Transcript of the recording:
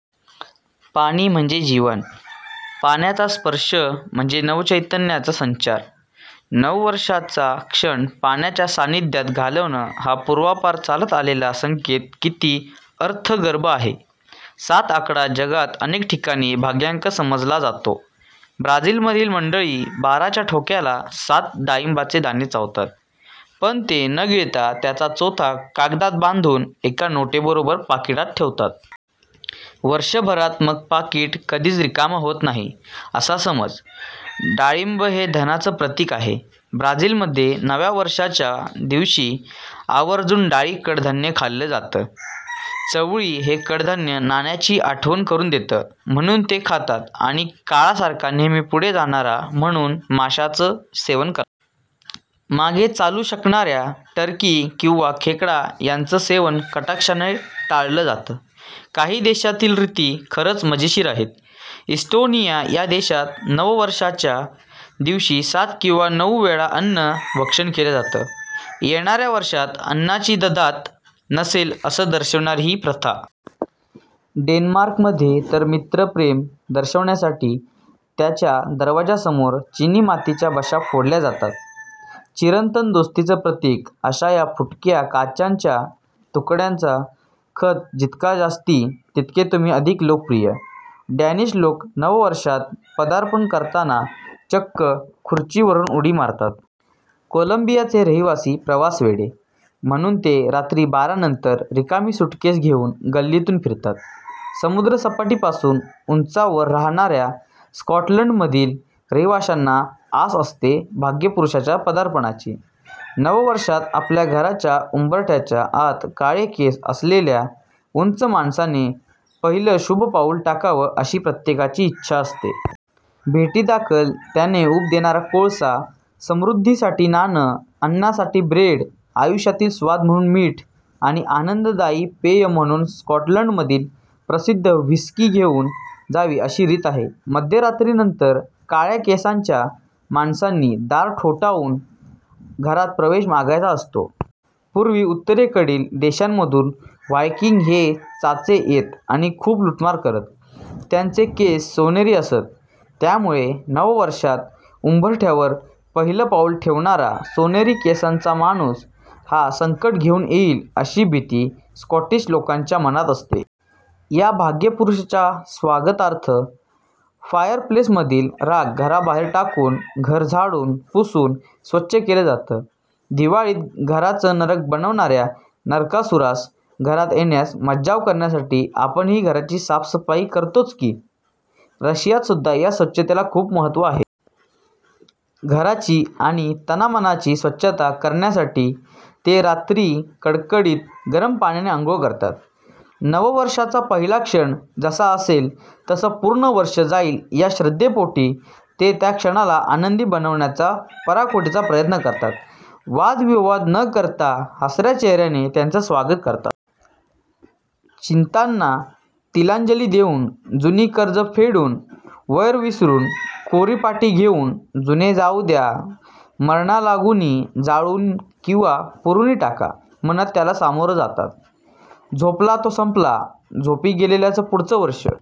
पाणी म्हणजे जीवन. पाण्याचा स्पर्श म्हणजे नवचैतन्याचा संचार! नववर्षाचा क्षण पाण्याच्या सान्निध्यात घालवणं हा पूर्वापार चालत आलेला संकेत किती अर्थगर्भ आहे! सात आकडा जगात अनेक ठिकाणी भाग्यांक समजला जातो. ब्राझीलमधील मंडळी बाराच्या ठोक्याला सात डाळिंबाचे दाणे चावतात, पण ते न गिळता त्याचा चोथा कागदात बांधून एका नोटेबरोबर पाकिटात ठेवतात. वर्षभरात मग पाकीट कधीच रिकामं होत नाही, असा समज! डाळिंब हे धनाचं प्रतीक आहे. ब्राझीलमध्ये नव्या वर्षाच्या दिवशी आवर्जून डाळी, कडधान्य खाल्लं जातं. चवळी हे कडधान्य नाण्याची आठवण करून देतं म्हणून ते खातात आणि काळासारखा नेहमी पुढे जाणारा म्हणून माशाचं सेवन करतात. मागे चालू शकणाऱ्या टर्की किंवा खेकडा यांचं सेवन कटाक्षाने टाळलं जातं. काही देशातील रीती खरंच मजेशीर आहेत. इस्टोनिया या देशात नववर्षाच्या दिवशी सात किंवा नऊ वेळा अन्न भक्षण केलं जातं. येणाऱ्या वर्षात अन्नाची ददात नसेल असं दर्शवणारी ही प्रथा! डेन्मार्कमध्ये तर मित्रप्रेम दर्शवण्यासाठी त्याच्या दरवाजासमोर चिनीमातीच्या बशा फोडल्या जातात. चिरंतन दोस्तीचं प्रतीक अशा या फुटक्या काचांच्या तुकड्यांचा खच जितका जास्ती, तितके तुम्ही अधिक लोकप्रिय. डॅनिश लोक नववर्षात पदार्पण करताना चक्क खुर्चीवरून उडी मारतात. कोलंबियाचे रहिवासी प्रवासवेडे. म्हणून ते रात्री बारानंतर रिकामी सूटकेस घेऊन गल्लीतून फिरतात. समुद्रसपाटीपासून उंचावर राहणाऱ्या स्कॉटलंडमधील रहिवाशांना आस असते भाग्यपुरुषाच्या पदार्पणाची. नववर्षात आपल्या घराच्या उंबरठ्याच्या आत काळे केस असलेल्या उंच माणसाने पहिलं शुभ पाऊल टाकावं अशी प्रत्येकाची इच्छा असते. भेटीदाखल त्याने ऊब देणारा कोळसा, समृद्धीसाठी नाणं, अन्नासाठी ब्रेड, आयुष्यातील स्वाद म्हणून मीठ आणि आनंददायी पेय म्हणून स्कॉटलंडमधील प्रसिद्ध व्हिस्की घेऊन जावी अशी रीत आहे. मध्यरात्रीनंतर काळ्या केसांच्या माणसांनी दार ठोठावून घरात प्रवेश मागायचा असतो. पूर्वी उत्तरेकडील देशांमधून व्हायकिंग हे चाचे येत आणि खूप लूटमार करत. त्यांचे केस सोनेरी असत. त्यामुळे नववर्षात उंबरठ्यावर पहिलं पाऊल ठेवणारा सोनेरी केसांचा माणूस हा संकटं घेऊन येईल अशी भीती स्कॉटिश लोकांच्या मनात असते. या भाग्यपुरुषाच्या स्वागतार्थ फायरप्लेसमधील राख घराबाहेर टाकून, घर झाडून, पुसून स्वच्छ केलं जातं. दिवाळीत घराचं नरक बनवणाऱ्या नरकासुरास घरात येण्यास मज्जाव करण्यासाठी आपणही घराची साफसफाई करतोच की! रशियात सुद्धा या स्वच्छतेला खूप महत्त्व आहे. घराची आणि तनामनाची स्वच्छता करण्यासाठी ते रात्री कडकडीत गरम पाण्याने अंघोळ करतात. नववर्षाचा पहिला क्षण जसा असेल तसं पूर्ण वर्ष जाईल या श्रद्धेपोटी ते त्या क्षणाला आनंदी बनवण्याचा पराकोटीचा प्रयत्न करतात. वादविवाद न करता, हसऱ्या चेहऱ्याने त्याचं स्वागत करतात. चिंतांना तिलांजली देऊन, जुनी कर्जं फेडून, वैर विसरून, कोरी पाटी घेऊन, 'जुने जाऊ द्या मरणालागुनी, जाळून किंवा पुरुनी टाका' म्हणत त्याला सामोरं जातात. 'झोपला तो संपला'! झोपी गेलेल्याचं पुढचं वर्षं